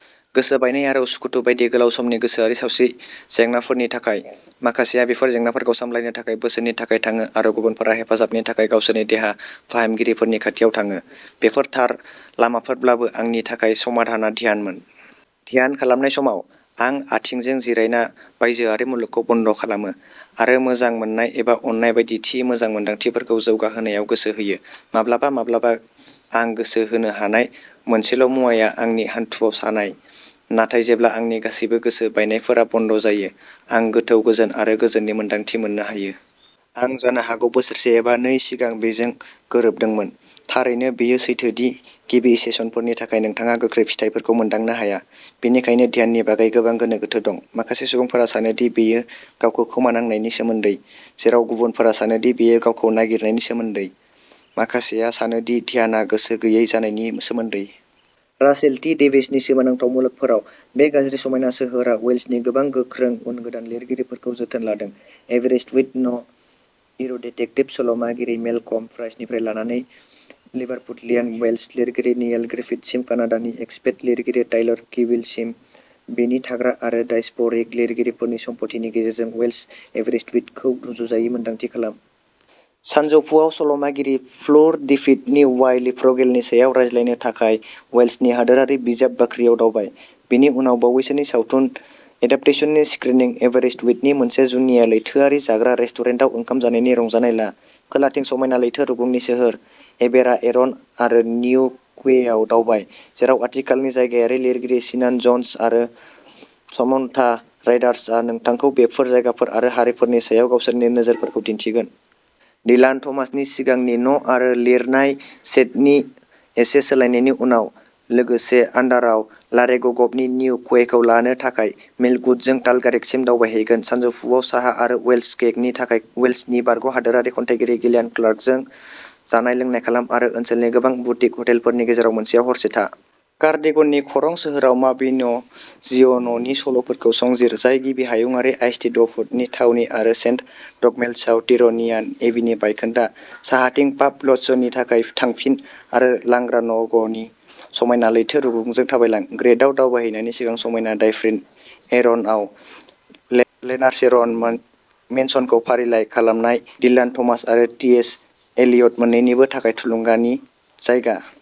गोसो बायनाय आरो उसुखुथु बायदि गोलाव समनि गोसोआरि सावस्रि जेंनाफोरनि थाखाय। माखासेया बेफोर जेंनाफोरखौ सामलायनो थाखाय बोसोननि थाखाय थाङो, आरो गुबुनफोरा हेफाजाबनि थाखाय गावसोरनि देहा फाहामगिरिफोरनि खाथियाव थाङो। बेफोर थार लामाफोरब्लाबो, आंनि थाखाय समाधानआ ध्यानमोन। ध्यान खालामनाय समाव, आं आथिंजों जिरायना, बायजोआरि मुलुगखौ बन्द'खालामो, आरो मोजां मोननाय एबा अननाय बायदि थि मोजां मोनदांथिफोरखौ जौगाहोनायाव गोसो होयो। माब्लाबा माब्लाबा आं गोसो होनो हानाय मोनसेल'मुवाया आंनि हान्थुआव सानाय, नाथाय जेब्ला आंनि गासैबो गोसो बायनायफोरा बन्द'जायो, आं गोथौ गोजोन आरो गोजोननि मोनदांथि मोननो हायो। आं जानो हागौ बोसोरसे एबा नै सिगां बेजों गोरोबदोंमोन। थारैनो, बेयो सैथो दि गिबि सेसनफोरनि थाखाय नोंथाङा गोख्रै फिथायफोरखौ मोनदांनो हाया। बेनिखायनो, ध्याननि बागै गोबां गोनो-गोथो दं। माखासे सुबुंफोरा सानो दि बेयो गावखौ खोमानांनायनि सोमोन्दै, जेराव गुबुनफोरा सानो दि बेयो गावखौ नागिरनायनि सोमोन्दै; माखासेया सानो दि ध्यानआ गोसो गैयै जानायनि सोमोन्दै। Russell T. डेभिसनि सोमोनांथाव मुलुगफोराव, "बे गाज्रि, समायना सोहोर" आ वेल्सनि गोबां गोख्रों उन-गोदान लिरगिरिफोरखौ जोथोन लादों। 'एबेरिष्टविथ न'इर'डिटेक्टिभ सल'मागिरि मेलकम प्राइसनिफ्राय लानानै लिभारपुडलियान वेल्श लिरगिरि नियाल ग्रिफिथ्ससिम, कानाडानि एक्सपेट लिरगिरि टाइलर किविलसिम, बेनि थाग्रा आरो डायस्प'रिक लिरगिरिफोरनि सम्पथिनि गेजेरजों वेल्श एबेरिष्टविथखौ रुजुजायै मोन्दांथि खालाम। सानजौफुआव, सल'मागिरि फ्लुर डेफिडनि वाई लिफ्रगेल नि सायाव रायज्लायनो थाखाय वेल्सनि हादोरारि बिजाब बाख्रियाव दावबाय, बेनि उनाव बावैसोनि सावथुन एडाप्टेसननि स्क्रिनिं। एबेरिष्टविथनि मोनसे जुनिया लैथोआरि जाग्रा रेस्टुरेन्टाव ओंखाम जानायनि रंजानाय ला। खोलाथिं समायना लैथो रुगुंनि सोहोर एबेराएरन आरो निउ क्वेआव दावबाय, जेराव आथिखालनि जायगायारि लिरगिरि सिनान जन्स आरो सामन्था राइडार्चआ नोंथांखौ बेफोर जायगाफोर आरो हारिफोरनि सायाव गावसोरनि नोजोरफोरखौ दिन्थिगोन। डिलान थमासनि सिगांनि न'आरो लिरनाय सेडनि एसे सोलायनायनि उनाव, लोगोसे'आन्डार'आव लारेगगबनि निउ क्वेखौ लानो थाखाय। मिल्क वुड ', जों टालगारेगसिम दावबायहैगोन सानजौफुआव साहा आरो वेल्स केकनि थाखाय वेल्सनि बारग'हादोरारि खन्थाइगिरि गिलियान क्लार्कजों। जानाय-लोंनाय खालाम आरो ओनसोलनि गोबां बुटिक हटेलफोरनि गेजेराव मोनसेयाव हरसे था। कार्डिगननि खरं सोहोराव माबिन'जिय'ननि सल'फोरखौ संजिर, जाय गिबि हायुंआरि आइस्टेडफ'डनि थावनि, आरो सेन्ट डगमेल्सआव टिर'नियान एबीनि बायखोन्दा। साहाथिं पाब लञ्चनि थाखाय थांफिन आरो ल्लांग्रान'गनि समायना लैथो रुगुंजों थाबायलां, ग्रेड आव दावबायहैनायनि सिगां समायना डाइफ्रिन एर'नआव ले ल्लेनारचेरन मेनसनखौ फारिलाइ खालामनाय-डिलान थमास आरो टीएस इलियट मोन्नैनिबो थाखाय थुलुंगानि जायगा।